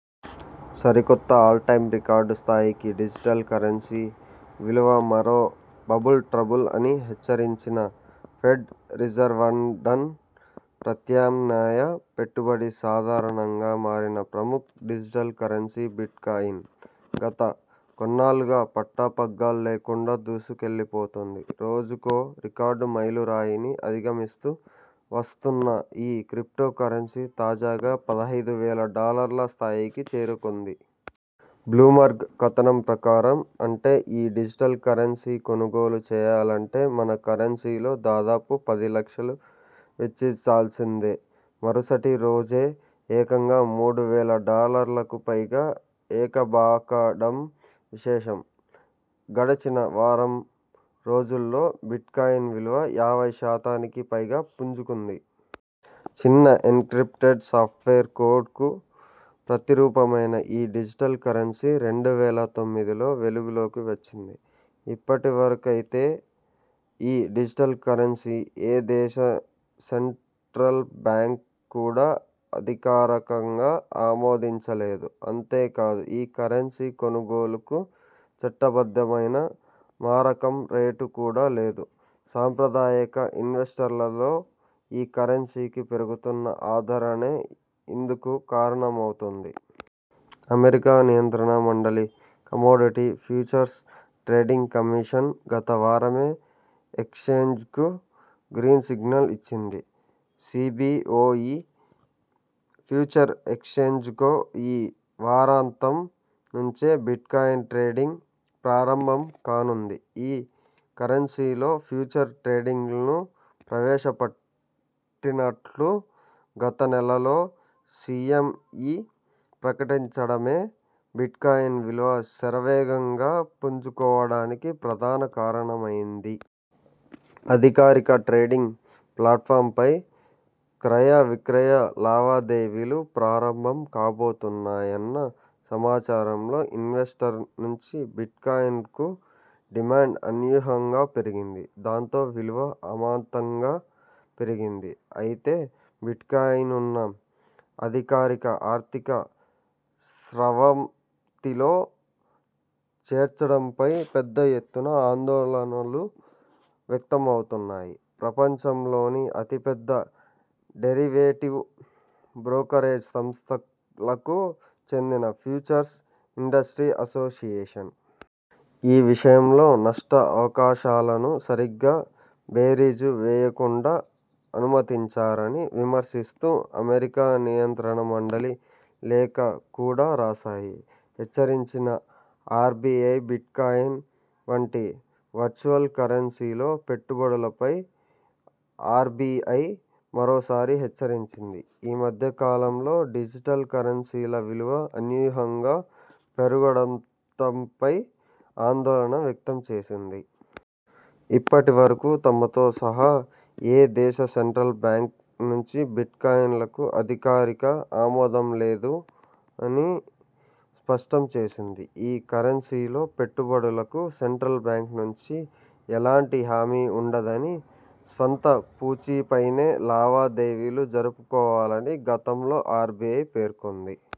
సరికొత్త all time record స్థాయికి digital currency విలువమరో బబుల్ ట్రబుల్ అని హెచ్చరించిన ఫెడ్ రిజర్వ్లండన్: ప్రత్యామ్నాయ పెట్టుబడి సాధారణంగా మారిన ప్రముఖ డిజిటల్ కరెన్సీ బిట్కాయిన్.. గత కొన్నాళ్లుగా పట్టపగ్గాల్లేకుండా దూసుకెళ్లిపోతోంది. రోజుకో రికార్డు మైలురాయిని అధిగమిస్తూ వస్తున్న ఈ క్రిప్టో కరెన్సీ తాజాగా పదిహేను వేల డాలర్ల స్థాయికి చేరుకుంది. బ్లూమ్బర్గ్ కథనం ప్రకారం.. అంటే ఈ డిజిటల్ కరెన్సీని కొనుగోలు చేయాలంటే మన కరెన్సీలో దాదాపు పది లక్షలు వెచ్చించాల్సిందే. మరుసటి రోజే ఏకంగా మూడు వేల డాలర్లకు పైగా ఎకబాకడం విశేషం. గడచిన వారం రోజుల్లో బిట్కాయిన్ విలువ యాభై శాతానికి పైగా పుంజుకుంది. చిన్న ఎంట్రిప్టెడ్ సాఫ్ట్వేర్ కోడ్కు ప్రతిరూపమైన ఈ డిజిటల్ కరెన్సీ రెండు వేల తొమ్మిది లో వెలుగులోకి వచ్చింది. ఇప్పటివరకైతే ఈ డిజిటల్ కరెన్సీ ఏ దేశ సెంట్రల్ బ్యాంక్ కూడా అధికారికంగా ఆమోదించలేదు. అంతేకాదు ఈ కరెన్సీ కొనుగోలుకు చట్టబద్ధమైన మారకం రేటు కూడా లేదు. సంప్రదాయక ఇన్వెస్టర్లలో ఈ కరెన్సీకి పెరుగుతున్న ఆదరణే ఇందుకు కారణమవుతున్నది. అమెరికా నియంత్రణ మండలి 'కమోడిటీ ఫ్యూచర్స్ ట్రేడింగ్ కమిషన్' గతవారమే ఎక్స్చేంజ్కు గ్రీన్సిగ్నల్ ఇచ్చింది. సిబిఒఇ ఫ్యూచర్స్ ఎక్స్ఛేంజ్లో ఈ వారాంతం నుంచే బిట్కాయిన్ ట్రేడింగ్ ప్రారంభం కానుంది. ఈ కరెన్సీలో ఫ్యూచర్ ట్రేడింగ్ను ప్రవేశపెట్టిన్నట్లు గతనెలలో సిఎంఇ ప్రకటించడమే బిట్కాయిన్ విలువ శరవేగంగా పుంజుకోవడానికి ప్రధాన కారణమైంది. అధికారిక ట్రేడింగ్ ప్లాట్ఫాంపై క్రయవిక్రయ లావాదేవీలు ప్రారంభం కాబోతున్నాయన్న సమాచారంలో ఇన్వెస్టర్ల నుంచి బిట్కాయిన్కు డిమాండ్ అన్యూహంగా పెరిగింది. దాంతో విలువ అమాంతంగా పెరిగింది. అయితే, బిట్కాయిన్ను అధికారిక ఆర్థిక స్రవంతిలో చేర్చడంపై పెద్దఎత్తున ఆందోళనలు వ్యక్తమవుతున్నాయి. ప్రపంచంలోని అతిపెద్ద డెరివేటివ్ బ్రోకరేజ్ సంస్థలకు చెందిన ఫ్యూచర్స్ ఇండస్ట్రీ అసోసియేషన్.. ఈ విషయంలో నష్ట అవకాశాలను సరిగ్గా బేరీజు వేయకుండా అనుమతించారని విమర్శిస్తూ అమెరికా నియంత్రణ మండలి లేఖ కూడా రాశాయి. హెచ్చరించిన ఆర్బిఐబిట్కాయిన్ వంటి వర్చువల్ కరెన్సీలో పెట్టుబడులపై ఆర్బిఐ మరోసారి హెచ్చరించింది. ఈ మధ్యకాలంలో డిజిటల్ కరెన్సీల విలువ అనూహ్యంగా పెరుగుతుండటంపై ఆందోళన వ్యక్తం చేసింది. ఇప్పటివరకు తమతో సహా ఏ దేశ సెంట్రల్ బ్యాంక్ నుంచీ బిట్కాయిలన్కు అధికారిక ఆమోదంలేదు అని స్పష్టం చేసింది. ఈ కరెన్సీలో పెట్టుబడులకు సెంట్రల్ బ్యాంక్ నుంచి ఎలాంటి హామీ ఉండదని, స్వంత పూచీపైనే లావాదేవీలు జరపుకోవాలని గతంలో ఆర్బిఐ పేర్కొంది.